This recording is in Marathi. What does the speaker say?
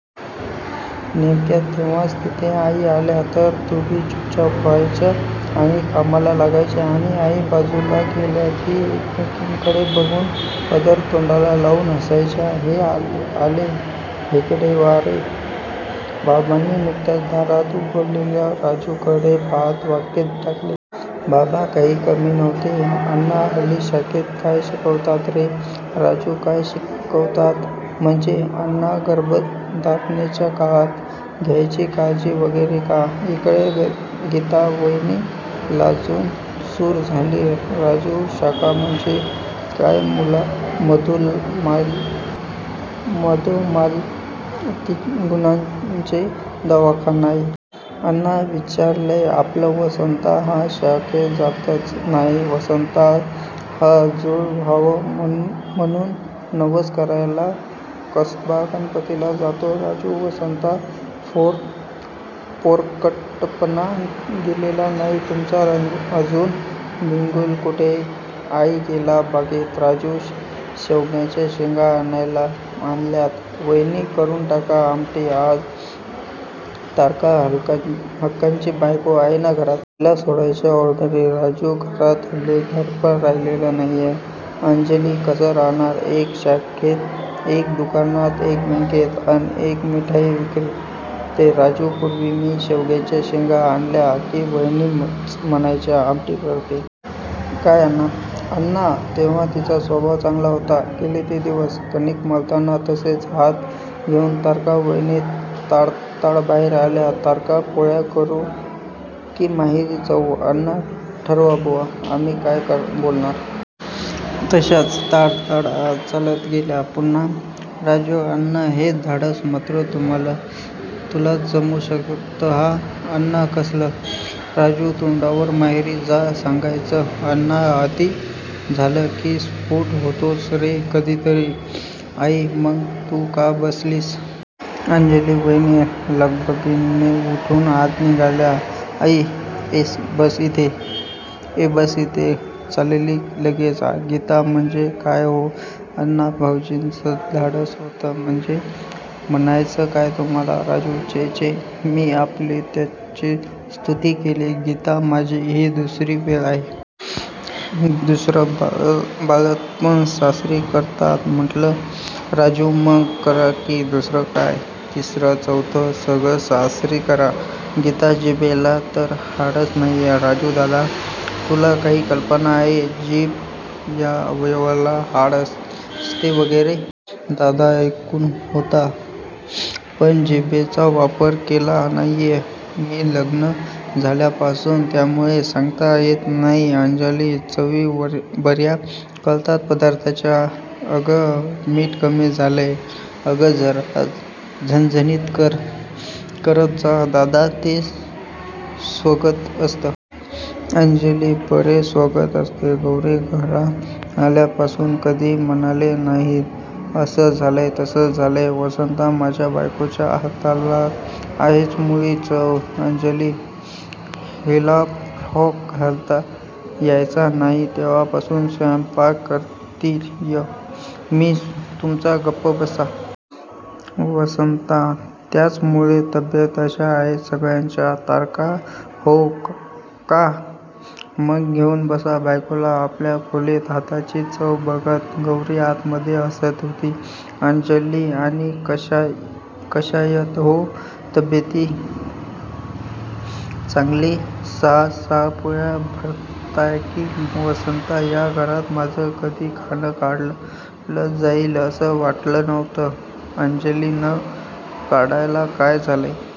नेमक्या तेव्हाच तिथे आई आल्या तर दोघी चूपचाप व्हायच्या आणि कामाला लागायच्या आणि आई बाजूला गेल्या की एकमेकींकडे बघून पदर तोंडाला लावून हासायच्या. हे आले. हेगडेवार बाबांनी नुकत्याच दारात उगवलेल्या राजूकडे पाहात वाक्य टाकले. बाबा काही कमी नव्हते. अण्णा हल्ली शाखेत काय शिकवतात रे? राजू काय शिकवतात म्हणजे? अण्णा गर्भधारणेच्या काळात घ्यायची काळजी वगैरे का? इकडे गीतावहिनी लाजून चूर झाली. राजू शाखा म्हणजे काय मधुमालती गुणेंचा दवाखानाय?? अण्णा विचारलं आपलं वसंता हा शाखेत जातच नाही. वसंता हा जुळं व्हावं म्हणून नवस करायला कसबा गणपतीला जातो. राजू वसंता पोरकटपणा गेलेला नाही तुझा अजून बिगुल कुठेय? आई गेला बागेत. राजू शेवग्याच्या शेंगा आणल्यात वहिनी करून टाका आमटी आज तारका हक्काची बायको आहे ना घरात? तिला सोडायच्या ऑर्डरी राजू घराला हल्ली घरपण राहिलेलं नाहीये. अंजली कसं राहणार? एक शाखेत, एक दुकानात, एक बॅन्केत अन एक मिठाई विकतोय. राजू पुर्वी मी शेवग्याच्या शेंगा आणल्या की वहिनीच म्हणायच्या आमटी करते. काय अण्णा? अण्णा तेव्हा तिचा स्वभाव चांगला होता. गेले ते दिवस. कणीक मळताना तसेच हात घेऊन तारका वहिनी ताडताड बाहेर आल्या. तारका पोळ्या करू की माहेरी जाऊ? अण्णा ठरवा बुवा. आम्ही काय बोलणार? तशाच ताडताड आत चालत गेल्या पुन्हा! राजू अण्णा. हे धाडस मात्र तुलाच जमू शकतं हां? अण्णा कसलं? राजू तोंडावर माहेरी जा सांगण्याचं. अण्णा अती झालं की स्फोट होतोच रे कधीतरी. आई मग तू का बसलीयस? अंजली वहिनी लगबगीने उठून आत निघाल्या. आई ए. बस इथे. चालली लगेच. गीता म्हणजे काय हो?अण्णाभावजींचं धाडस होतं म्हणजे म्हणायचंय काय तुम्हाला? राजू छे छे. मी आपली त्याची स्तुती केली. गीता माझी ही दुसरी वेळ आहे. दुसरं बाळंतपण सासरीच करतात म्हंटलं. राजू मग करा की, दुसरं काय, तिसरं, चौथं सगळं सासरीच करा. गीता जिभेला तर हाडच नाहीये. राजू दादा? तुला काही कल्पना आहे? जीभ या अवयवाला हाड असते वगैरे? दादा ऐकून होतो. पण जीभेचा वापरच केलेला नाहीये मी लग्न झाल्यापासून. त्यामुळे सांगता येत नाही. अंजली चवी बर्या कळतात पदार्थांच्या अगं. मीठ कमी झालंय. अगं. जरा झणझणीत करत जा. दादा ते स्वगत असते. अंजली बरे स्वगत असते. गौरी घरात आल्यापासून कधी म्हणाले नाहीत. असं झालंय तसं झालंय. वसंता माझ्या बायकोच्या हाताला आहेच मुळी चव. अंजली हिला फ्रॉक घालता यायचा नाही तेव्हापासून स्वयंपाक करतीय मी तुमचा गप्प बसा. वसंता त्याचमुळे तब्येती अशा आहेत सगळ्यांच्या. तारका हो क्का? मग घेऊन बसा बायकोला आपल्या खोलीत हातांची चव बघत. गौरी आतमध्ये हसत होती. अंजली आणि कशायत हो तब्येती? चांगले सहा सहा पोळ्या भरताय की वसंता या घरात माझं कधी खाणं काढलं जाईल असं वाटलं नव्हतं. अंजली न काढायला काय झालंय.